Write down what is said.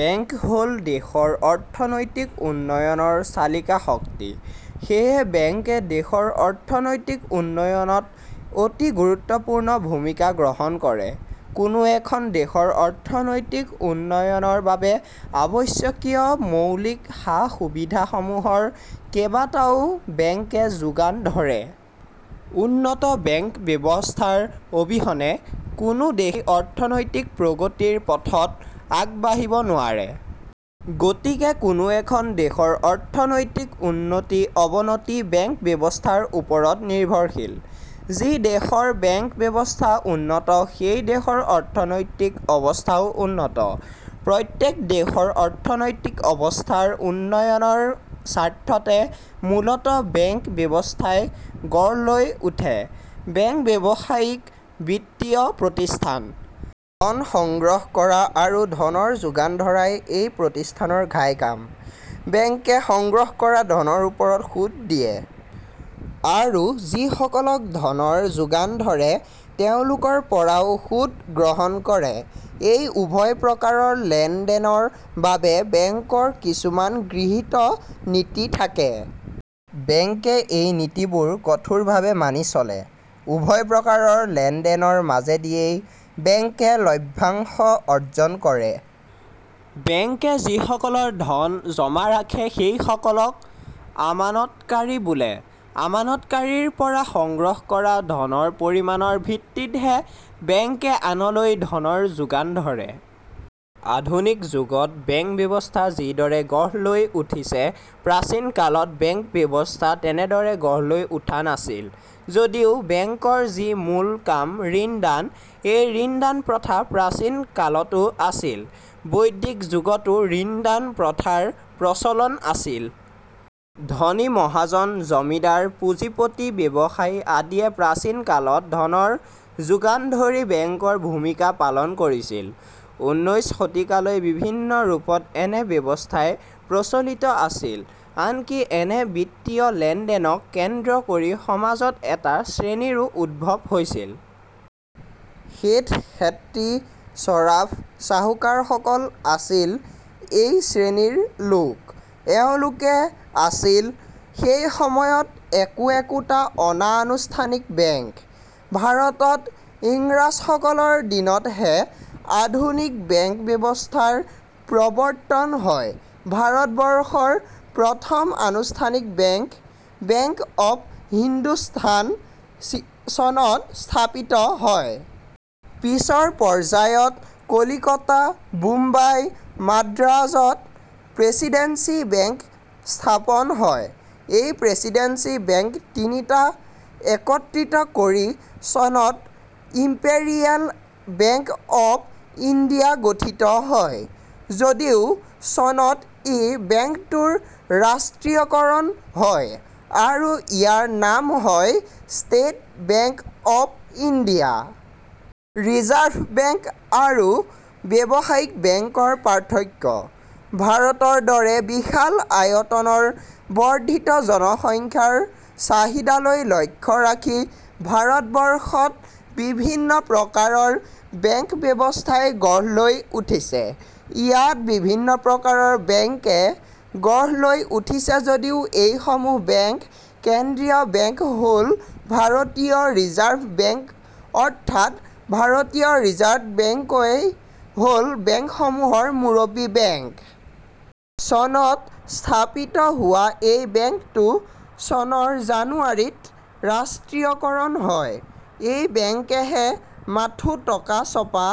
Bank হ'ল দেশৰ অৰ্থনৈতিক উন্নয়নৰ চালিকা শক্তি। সেয়ে বেংকে দেশৰ অৰ্থনৈতিক উন্নয়নত অতি গুৰুত্বপূৰ্ণ ভূমিকা গ্ৰহণ কৰে। কোনো এখন দেশৰ অৰ্থনৈতিক উন্নয়নৰ বাবে আৱশ্যকীয় মৌলিক সা-সুবিধাসমূহৰ কেবাটাও বেংকে যোগান ধৰে। উন্নত বেংক ব্যৱস্থাৰ অবিহনে কোনো দেশেই অৰ্থনৈতিক প্ৰগতিৰ পথত আগবাঢ়িব নোৱাৰে। গতিকে কোনো এখন দেশৰ অৰ্থনৈতিক উন্নতি-অৱনতি বেংক ব্যৱস্থাৰ ওপৰত নিৰ্ভৰশীল। যি দেশৰ বেংক-ব্যৱস্থা উন্নত সেই দেশৰ অৰ্থনৈতিক অৱস্থাও উন্নত। প্ৰত্যেক দেশৰ অৰ্থনৈতিক অৱস্থাৰ উন্নয়নৰ স্বাৰ্থতে মূলতঃ বেংক ব্যৱস্থাই গঢ় লৈ উঠে। বেংক ব্যৱসায়িক বিত্তীয় প্ৰতিষ্ঠান। ধন সংগ্ৰহ কৰা আৰু ধনৰ যোগান ধৰাই এই প্ৰতিষ্ঠানৰ ঘাই কাম। বেংকে সংগ্ৰহ কৰা ধনৰ ওপৰত সুদ দিয়ে আৰু যিসকলক ধনৰ যোগান ধৰে তেওঁলোকৰপৰাও সুদ গ্ৰহণ কৰে। এই উভয় প্ৰকাৰৰ লেন-দেনৰ বাবে বেংকৰ কিছুমান গৃহীত নীতি থাকে। বেংকে এই নীতিবোৰ কঠোৰভাৱে মানি চলে। উভয় প্ৰকাৰৰ লেন-দেনৰ মাজেদিয়ে বেংকে লভ্যাংশ অৰ্জন কৰে। বেংকে যিসকলৰ ধন জমা ৰাখে সেইসকলক আমানতকাৰী বোলে। আমানতকাৰীৰপৰা সংগ্ৰহ কৰা ধনৰ পৰিমাণৰ ভিত্তিতহে বেংকে আনলৈ ধনৰ যোগান ধৰে। আধুনিক যুগত বেংক ব্যৱস্থা যিদৰে গঢ় লৈ উঠিছে প্ৰাচীন কালত বেংক ব্যৱস্থা তেনেদৰে গঢ় লৈ উঠা নাছিল যদিও বেংকৰ যি মূল কাম ঋণদান, এই ঋণদান প্ৰথা প্ৰাচীন কালতো আছিল। বৈদিক যুগতো ঋণদান প্ৰথাৰ প্ৰচলন আছিল। ধনী মহাজন, জমিদাৰ, পুঁজিপতি, ব্যৱসায়ী আদিয়ে প্ৰাচীন কালত ধনৰ যোগান ধৰি বেংকৰ ভূমিকা পালন কৰিছিল। ঊনৈশ শতিকালৈ বিভিন্ন ৰূপত এনে ব্যৱস্থাই প্ৰচলিত আছিল। আনকি এনে বিত্তীয় লেন-দেনক কেন্দ্ৰ কৰি সমাজত এটা শ্ৰেণীৰো উদ্ভৱ হৈছিল। শেঠ, শেট্টি, চৰাফ, চাহুকাৰসকল আছিল এই শ্ৰেণীৰ লোক। এওঁলোকে আছিল সেই সময়ত একো একোটা অনা- আনুষ্ঠানিক বেংক। ভাৰতত ইংৰাজসকলৰ দিনতহে আধুনিক বেংক ব্যৱস্থাৰ প্ৰৱৰ্তন হয়। ভাৰতবৰ্ষৰ প্ৰথম আনুষ্ঠানিক বেংক "বেংক অব্ হিন্দুস্থান" চনত স্থাপিত হয়। পিছৰ পৰ্যায়ত কলিকতা, বোম্বাই, মাদ্ৰাজ -ত প্ৰেছিডেন্সি বেংক স্থাপন হয়। এই প্ৰেছিডেন্সি বেংক তিনিটা একত্ৰিত কৰি চনত ইম্পেৰিয়েল বেংক অব্ ইণ্ডিয়া গঠিত হয় যদিও চনত ই বেংকটোৰ ৰাষ্ট্ৰীয়কৰণ হয় আৰু ইয়াৰ নাম হয় State Bank of India. Reserve Bank আৰু ব্যৱসায়িক বেংকৰ পাৰ্থক্য – ভাৰতৰ দৰে বিশাল আয়তনৰ বৰ্দ্ধিত জনসংখ্যাৰ চাহিদালৈ লক্ষ্য ৰাখি ভাৰতবৰ্ষত বিভিন্ন প্ৰকাৰৰ বেংক ব্যৱস্থাই গঢ় লৈ উঠিছে। ইয়াত বিভিন্ন প্ৰকাৰৰ বেংকে গঢ় লৈ উঠিছে যদিও এই সমূহ বেংক কেন্দ্ৰীয় বেংক হ'ল ভাৰতীয় ৰিজাৰ্ভ বেংক অৰ্থাৎ ভাৰতীয় ৰিজাৰ্ভ বেংকেই হ'ল বেংকসমূহৰ মুৰব্বী বেংক। চনত স্থাপিত হোৱা এই বেংকটো চনৰ জানুৱাৰীত ৰাষ্ট্ৰীয়কৰণ হয়। এই বেংকেহে মাথো টকা ছপা